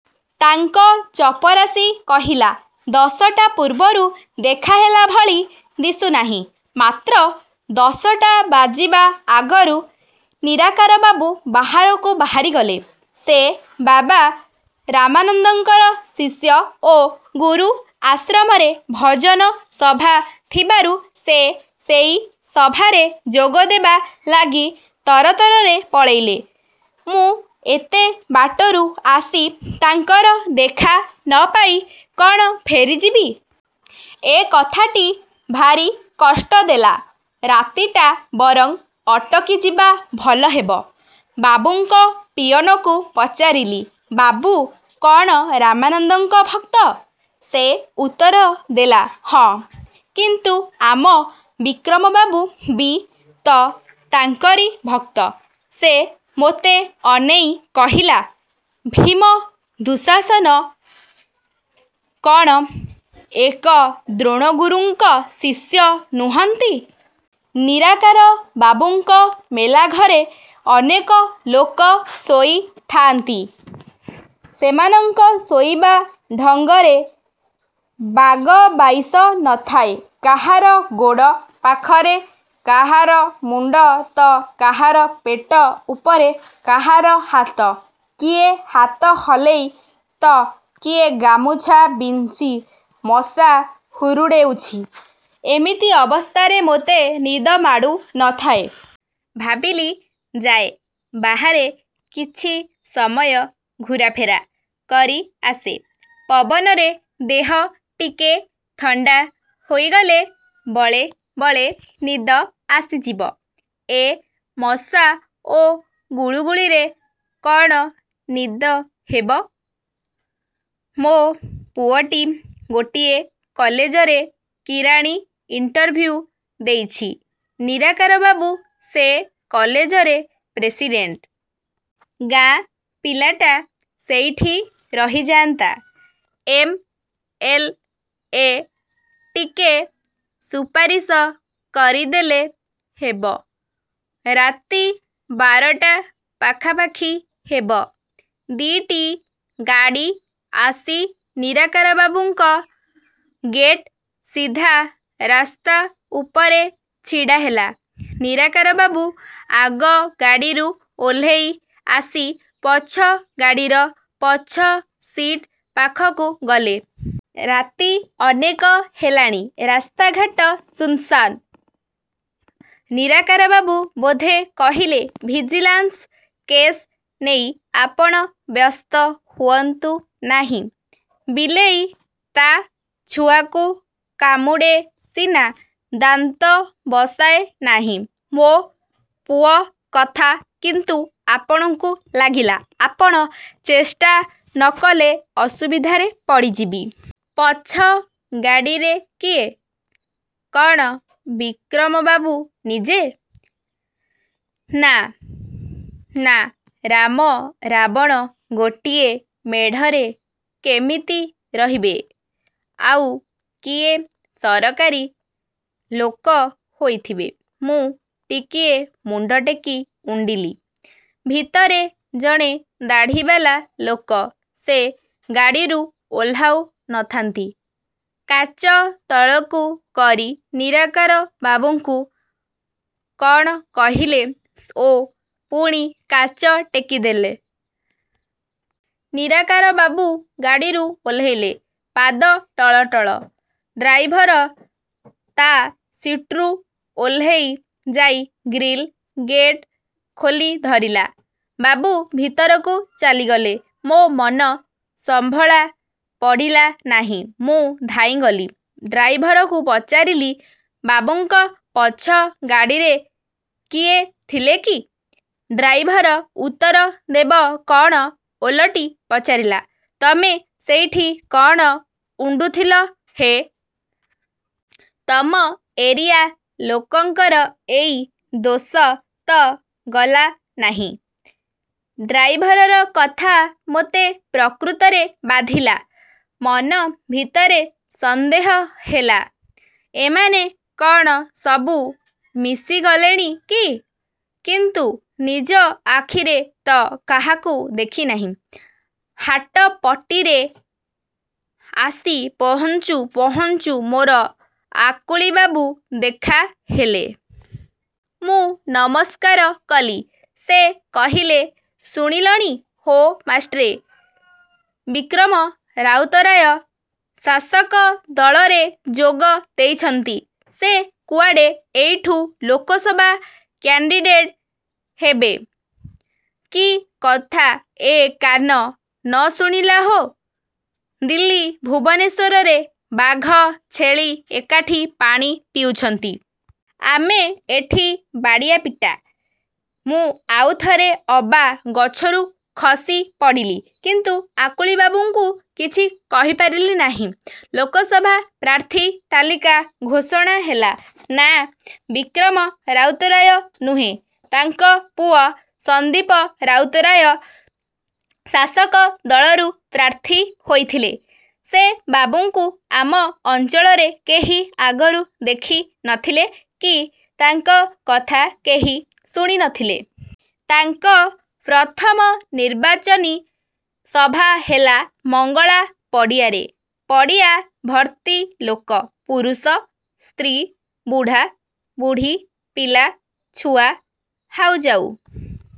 ତାଙ୍କ ଚପରାସୀ କହିଲା, ଦଶଟା ପୂର୍ବରୁ ଦେଖାହେଲା ଭଳି ଦିଶୁନାହିଁ। ମାତ୍ର ଦଶଟା ବାଜିବା ଆଗରୁ ନିରାକାରବାବୁ ବାହାରକୁ ବାହାରିଗଲେ। ସେ ବାବା ରାମାନନ୍ଦଙ୍କର ଶିଷ୍ୟ ଓ ଗୁରୁ ଆଶ୍ରମରେ ଭଜନ ସଭା ଥିବାରୁ ସେ ସେଇ ସଭାରେ ଯୋଗଦେବା ଲାଗି ତରତରରେ ପଳେଇଲେ। ମୁଁ ଏତେ ବାଟରୁ ଆସି ତାଙ୍କର ଦେଖା ନପାଇ କଣ ଫେରିଯିବି? ଏକଥାଟି ଭାରି କଷ୍ଟଦେଲା। ରାତିଟା ବରଂ ଅଟକିଯିବା ଭଲହେବ। ବାବୁଙ୍କ ପିଅନକୁ ପଚାରିଲି। ବାବୁ କଣ ରାମାନନ୍ଦଙ୍କ ଭକ୍ତ? ସେ ଉତ୍ତର ଦେଲା, ହଁ। କିନ୍ତୁ ଆମ ବିକ୍ରମବାବୁ ବି ତ ତାଙ୍କରି ଭକ୍ତ। ସେ ମୋତେ ଅନେଇ କହିଲା, 'ଭୀମ ଦୁଃଶାସନ କଣ ଏକ ଦ୍ରୋଣଗୁରୁଙ୍କ ଶିଷ୍ୟ ନୁହନ୍ତି! ' ନିରାକାର ବାବୁଙ୍କ ମେଲାଘରେ ଅନେକ ଲୋକ ଶୋଇଥାଆନ୍ତି-। ସେମାନଙ୍କ ଶୋଇବା ଢଙ୍ଗରେ ବାଗବାଇଶ ନଥାଏ। କାହାର ଗୋଡ଼ ପାଖରେ କାହାର ମୁଣ୍ଡ ତ କାହାର ପେଟ ଉପରେ କାହାର ହାତ। କିଏ ହାତ ହଲେଇ ତ କିଏ ଗାମୁଛା ବିଞ୍ଚି ମଶା ହୁରୁଡ଼େଉଛି। ଏମିତି ଅବସ୍ଥାରେ ମୋତେ ନିଦ ମାଡ଼ୁ ନ ଥାଏ। ଭାବିଲି, ଯାଏ, ବାହାରେ କିଛି ସମୟ ଘୁରାଫେରା। କରି ଆସେ। ପବନରେ ଦେହ ଟିକେ ଥଣ୍ଡା ହୋଇଗଲେ ବଳେ ବଳେ ନିଦ ଆସିଯିବ। ଏ ମଶା ଓ ଗୁଳୁଗୁଳିରେ କଣ ନିଦ ହେବ! ମୋ ପୁଅଟି ଗୋଟିଏ କଲେଜରେ କିରାଣି ଇଣ୍ଟରଭ୍ୟୁ ଦେଇଛି। ନିରାକାରବାବୁ ସେ କଲେଜରେ ପ୍ରେସିଡେଣ୍ଟ୍। ଗାଁ ପିଲାଟା, ସେଇଠି ରହିଯାଆନ୍ତା। ଏମ୍. ଏଲ୍. ଏ. ଟିକେ ସୁପାରିସ କରିଦେଲେ ହେବ। ରାତି ବାରଟା ପାଖାପାଖି ହେବ, ଦିଇଟି ଗାଡ଼ି ଆସି ନିରାକାରବାବୁଙ୍କ ଗେଟ୍ ସିଧା ରାସ୍ତା ଉପରେ ଛିଡ଼ାହେଲା। ନିରାକାରବାବୁ ଆଗ ଗାଡ଼ିରୁ ଓହ୍ଲେଇ ଆସି ପଛ ଗାଡ଼ିର ପଛ ସିଟ୍ ପାଖକୁ ଗଲେ। ରାତି ଅନେକ ହେଲାଣି। ରାସ୍ତାଘାଟ ଶୂନ୍ଶାନ୍। ନିରାକାରବାବୁ ବୋଧେ କହିଲେ "ଭିଜିଲାନ୍ସ କେସ୍ ନେଇ ଆପଣ ବ୍ୟସ୍ତ ହୁଅନ୍ତୁ ନାହିଁ। ବିଲେଇ ତା ଛୁଆକୁ କାମୁଡ଼େ ସିନା, ଦାନ୍ତ ବସାଏ ନାହିଁ। ମୋ ପୁଅ କଥା କିନ୍ତୁ ଆପଣଙ୍କୁ ଲାଗିଲା। ଆପଣ ଚେଷ୍ଟା ନକଲେ ଅସୁବିଧାରେ ପଡ଼ିଯିବି। " ପଛ ଗାଡ଼ିରେ କିଏ? କଣ ବିକ୍ରମବାବୁ ନିଜେ? ନା, ନା ରାମ ରାବଣ ଗୋଟିଏ ମେଢ଼ରେ କେମିତି ରହିବେ? ଆଉ କିଏ ସରକାରୀ ଲୋକ ହୋଇଥିବେ। ମୁଁ ଟିକିଏ ମୁଣ୍ଡଟେକି ଉଣ୍ଡିଲି। ଭିତରେ ଜଣେ ଦାଢ଼ିବାଲା ଲୋକ। ସେ ଗାଡ଼ିରୁ ଓହ୍ଲାଉ ନଥାନ୍ତି। କାଚ ତଳକୁ କରି ନିରାକାରବାବୁଙ୍କୁ କଣ କହିଲେ ଓ ପୁଣି କାଚ ଟେକିଦେଲେ। ନିରାକାରବାବୁ ଗାଡ଼ିରୁ ଓହ୍ଲେଇଲେ। ପାଦ ଟଳଟଳ। ଡ୍ରାଇଭର ତା ସିଟ୍ରୁ ଓହ୍ଲେଇ ଯାଇ ଗ୍ରୀଲ୍ ଗେଟ୍ ଖୋଲି ଧରିଲା। ବାବୁ ଭିତରକୁ ଚାଲିଗଲେ। ମୋ ମନ ସମ୍ଭଳା ପଡ଼ିଲା ନାହିଁ। ମୁଁ ଧାଇଁଗଲି। ଡ୍ରାଇଭରକୁ ପଚାରିଲି, "ବାବୁଙ୍କ ପଛ ଗାଡ଼ିରେ କିଏ ଥିଲେ କି? " ଡ୍ରାଇଭର ଉତ୍ତର ଦେବ କଣ ଓଲଟି ପଚାରିଲା, "ତମେ ସେଠି କଣ ଉଣ୍ଡୁଥିଲ ହେ? ତମ ଏରିଆ ଲୋକଙ୍କର ଏଇ ଦୋଷ ତ ଗଲା ନାହିଁ! " ଡ୍ରାଇଭରର କଥା ମୋତେ ପ୍ରକୃତରେ ବାଧିଲା। ମନ ଭିତରେ ସଂଦେହ ହେଲା, ଏମାନେ କଣ ସବୁ ମିଶିଗଲେଣି କି? କିନ୍ତୁ ନିଜ ଆଖିରେ ତ କାହାକୁ ଦେଖିନାହିଁ। ହାଟପଟିରେ ଆସି ପହଞ୍ଚୁ ପହଞ୍ଚୁ ମୋର ଆକୁଳିବାବୁ ଦେଖା ହେଲେ। ମୁଁ ନମସ୍କାର କଲି। ସେ କହିଲେ, "ଶୁଣିଲଣି ହୋ ମାଷ୍ଟ୍ରେ, ବିକ୍ରମ ରାଉତରାୟ ଶାସକ ଦଳରେ ଯୋଗ ଦେଇଛନ୍ତି। ସେ କୁଆଡ଼େ ଏଇଠୁ ଲୋକସଭା କ୍ୟାଣ୍ଡିଡେଟ୍ ହେବେ। କି କଥା ଏ କାନ ନ ଶୁଣିଲା ହୋ! ଦିଲ୍ଲୀ, ଭୁବନେଶ୍ୱରରେ ବାଘ ଛେଳି ଏକାଠି ପାଣି ପିଉଛନ୍ତି। ଆମେ ଏଠି ବାଡ଼ିଆପିଟା! " ମୁଁ ଆଉଥରେ ଅବା ଗଛରୁ ଖସି ପଡ଼ିଲି। କିନ୍ତୁ ଆକୁଳିବାବୁଙ୍କୁ କିଛି କହିପାରିଲି ନାହିଁ। ଲୋକସଭା ପ୍ରାର୍ଥୀ ତାଲିକା ଘୋଷଣା ହେଲା। ନା, ବିକ୍ରମ ରାଉତରାୟ ନୁହେଁ, ତାଙ୍କ ପୁଅ ସନ୍ଦୀପ ରାଉତରାୟ ଶାସକଦଳରୁ ପ୍ରାର୍ଥୀ ହୋଇଥିଲେ। ସେ ବାବୁଙ୍କୁ ଆମ ଅଞ୍ଚଳରେ କେହି ଆଗରୁ ଦେଖି ନଥିଲେ କି ତାଙ୍କ କଥା କେହି ଶୁଣି ନଥିଲେ। ତାଙ୍କର ପ୍ରଥମ ନିର୍ବାଚନୀ ସଭା ହେଲା ମଙ୍ଗଳା ପଡ଼ିଆରେ। ପଡ଼ିଆ ଭର୍ତ୍ତି ଲୋକ। ପୁରୁଷ, ସ୍ତ୍ରୀ, ବୁଢ଼ା, ବୁଢ଼ୀ, ପିଲା, ଛୁଆ ହାଉଯାଉ।